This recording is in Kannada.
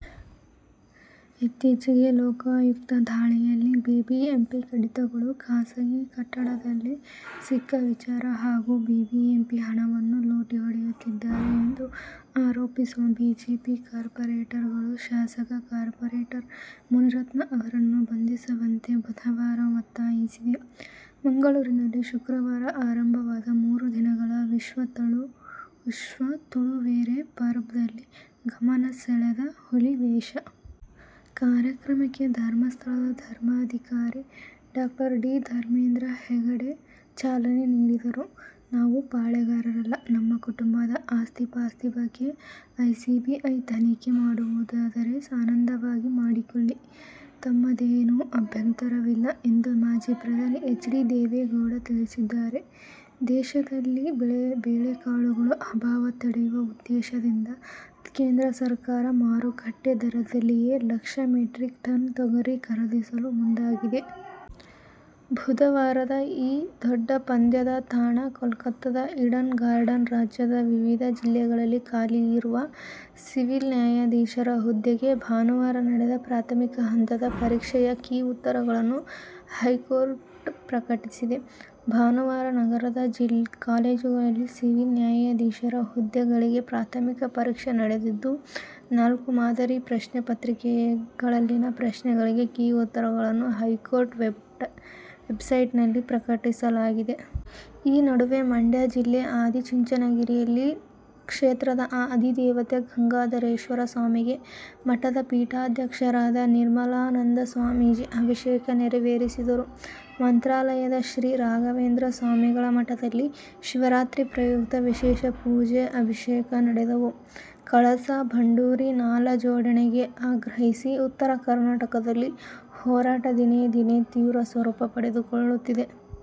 ಇತ್ತೀಚೆಗೆ ಲೋಕಾಯುಕ್ತ ದಾಳಿಯಲ್ಲಿ ಬಿಬಿಎಂಪಿ ಕಡತಗಳು ಖಾಸಗಿ ಕಟ್ಟಡದಲ್ಲಿ ಸಿಕ್ಕ ವಿಚಾರ ಹಾಗೂ ಬಿಬಿಎಂಪಿ ಹಣವನ್ನು ಲೂಟಿ ಹೊಡೆಯುತ್ತಿದ್ದಾರೆ ಎಂದು ಆರೋಪಿಸಿರುವ ಬಿಜೆಪಿ ಕಾರ್ಪೋರೇಟರ್ ಗಳು ಶಾಸಕ, ಕಾರ್ಪೋರೇಟರ್ ಮುನಿರತ್ನ ಅವರನ್ನು ಬಂಧಿಸುವಂತೆ ಬುಧವಾರ ಒತ್ತಾಯಿಸಿದೆ. ಮಂಗಳೂರಿನಲ್ಲಿ ಶುಕ್ರವಾರ ಆರಂಭವಾದ ಮೂರು ದಿನಗಳ ವಿಶ್ವ ತುಳುವೆರೆ ಪರ್ಬದಲ್ಲಿ ಗಮನ ಸೆಳೆದ ಹುಲಿವೇಷ. ಕಾರ್ಯಕ್ರಮಕ್ಕೆ ಧರ್ಮಸ್ಥಳದ ಧರ್ಮಾಧಿಕಾರಿ ಡಾ. ಡಿ. ವೀರೇಂದ್ರ ಹೆಗ್ಗಡೆ ಚಾಲನೆ ನೀಡಿದರು. ನಾವು ಪಾಳೇಗಾರರಲ್ಲ, ನಮ್ಮ ಕುಟುಂಬದ ಆಸ್ತಿ-ಪಾಸ್ತಿ ಬಗ್ಗೆ ಸಿಬಿಐ ತನಿಖೆ ಮಾಡುವುದಾದರೆ ಆನಂದವಾಗಿ ಮಾಡಿಕೊಳ್ಳಲಿ. ನಮ್ಮದೇನೂ ಅಭ್ಯಂತರವಿಲ್ಲ ಎಂದು ಮಾಜಿ ಪ್ರಧಾನಿ ಎಚ್. ಡಿ. ದೇವೇಗೌಡ ತಿಳಿಸಿದ್ದಾರೆ. ದೇಶದಲ್ಲಿ ಬೇಳೆಕಾಳುಗಳ ಅಭಾವ ತಡೆಯುವ ಉದ್ದೇಶದಿಂದ ಕೇಂದ್ರ ಸರ್ಕಾರ ಮಾರುಕಟ್ಟೆ ದರದಲ್ಲಿಯೇ ಲಕ್ಷ ಮೆಟ್ರಿಕ್ ಟನ್ ತೊಗರಿ ಖರೀದಿಸಲು ಮುಂದಾಗಿದೆ. ಬುಧವಾರದ ಈ ದೊಡ್ಡ ಪಂದ್ಯದ ತಾಣ ಕೋಲ್ಕತಾದ "ಈಡನ್ ಗಾರ್ಡನ್ಸ್'. ರಾಜ್ಯದ ವಿವಿಧ ಜಿಲ್ಲೆಗಳಲ್ಲಿ ಖಾಲಿಯಿರುವ ಸಿವಿಲ್ ನ್ಯಾಯಾಧೀಶರ ಹುದ್ದೆಗೆ ಭಾನುವಾರ ನಡೆದ ಪ್ರಾಥಮಿಕ ಹಂತದ ಪರೀಕ್ಷೆಯ ಕೀ ಉತ್ತರಗಳನ್ನು ಹೈಕೋರ್ಟ್ ಪ್ರಕಟಿಸಿದೆ. ಭಾನುವಾರ ನಗರದ ಕಾಲೇಜುಗಳಲ್ಲಿ ಸಿವಿಲ್ ನ್ಯಾಯಾಧೀಶರ ಹುದ್ದೆಗಳಿಗೆ ಪ್ರಾಥಮಿಕ ಪರೀಕ್ಷೆ ನಡೆದಿದ್ದು, ನಾಲ್ಕು ಮಾದರಿ ಪ್ರಶ್ನೆ ಪ್ರತ್ರಿಕೆಗಳಲ್ಲಿನ ಪ್ರಶ್ನೆಗಳಿಗೆ ಕೀ ಉತ್ತರಗಳನ್ನು ಹೈಕೋರ್ಟ್ ವೆಬ್ಸೈಟ್ನಲ್ಲಿ ಪ್ರಕಟಿಸಲಾಗಿದೆ. ಈ ನಡುವೆ, ಮಂಡ್ಯ ಜಿಲ್ಲೆ ಆದಿಚುಂಚನಗಿರಿಯಲ್ಲಿ ಕ್ಷೇತ್ರದ ಅದಿದೇವತೆ ಗಂಗಾಧರೇಶ್ವರಸ್ವಾಮಿಗೆ ಮಠದ ಪೀಠಾಧ್ಯಕ್ಷರಾದ ನಿರ್ಮಲಾನಂದನಾಥಸ್ವಾಮೀಜಿ ಅಭಿಷೇಕ ನೆರವೇರಿಸಿದರು. ಮಂತ್ರಾಲಯದ ಶ್ರೀ ರಾಘವೇಂದ್ರ ಸ್ವಾಮಿಗಳ ಮಠದಲ್ಲಿ ಶಿವರಾತ್ರಿ ಪ್ರಯುಕ್ತ ವಿಶೇಷ ಪೂಜೆ, ಅಭಿಷೇಕ ನಡೆದವು. ಕಳಸಾ- ಬಂಡೂರಿ ನಾಲಾ ಜೋಡಣೆಗೆ ಆಗ್ರಹಿಸಿ ಉತ್ತರ ಕರ್ನಾಟಕದಲ್ಲಿ ಹೋರಾಟ ದಿನೇ ದಿನೇ ತೀವ್ರ ಸ್ವರೂಪ ಪಡೆದುಕೊಳ್ಳುತ್ತಿದೆ.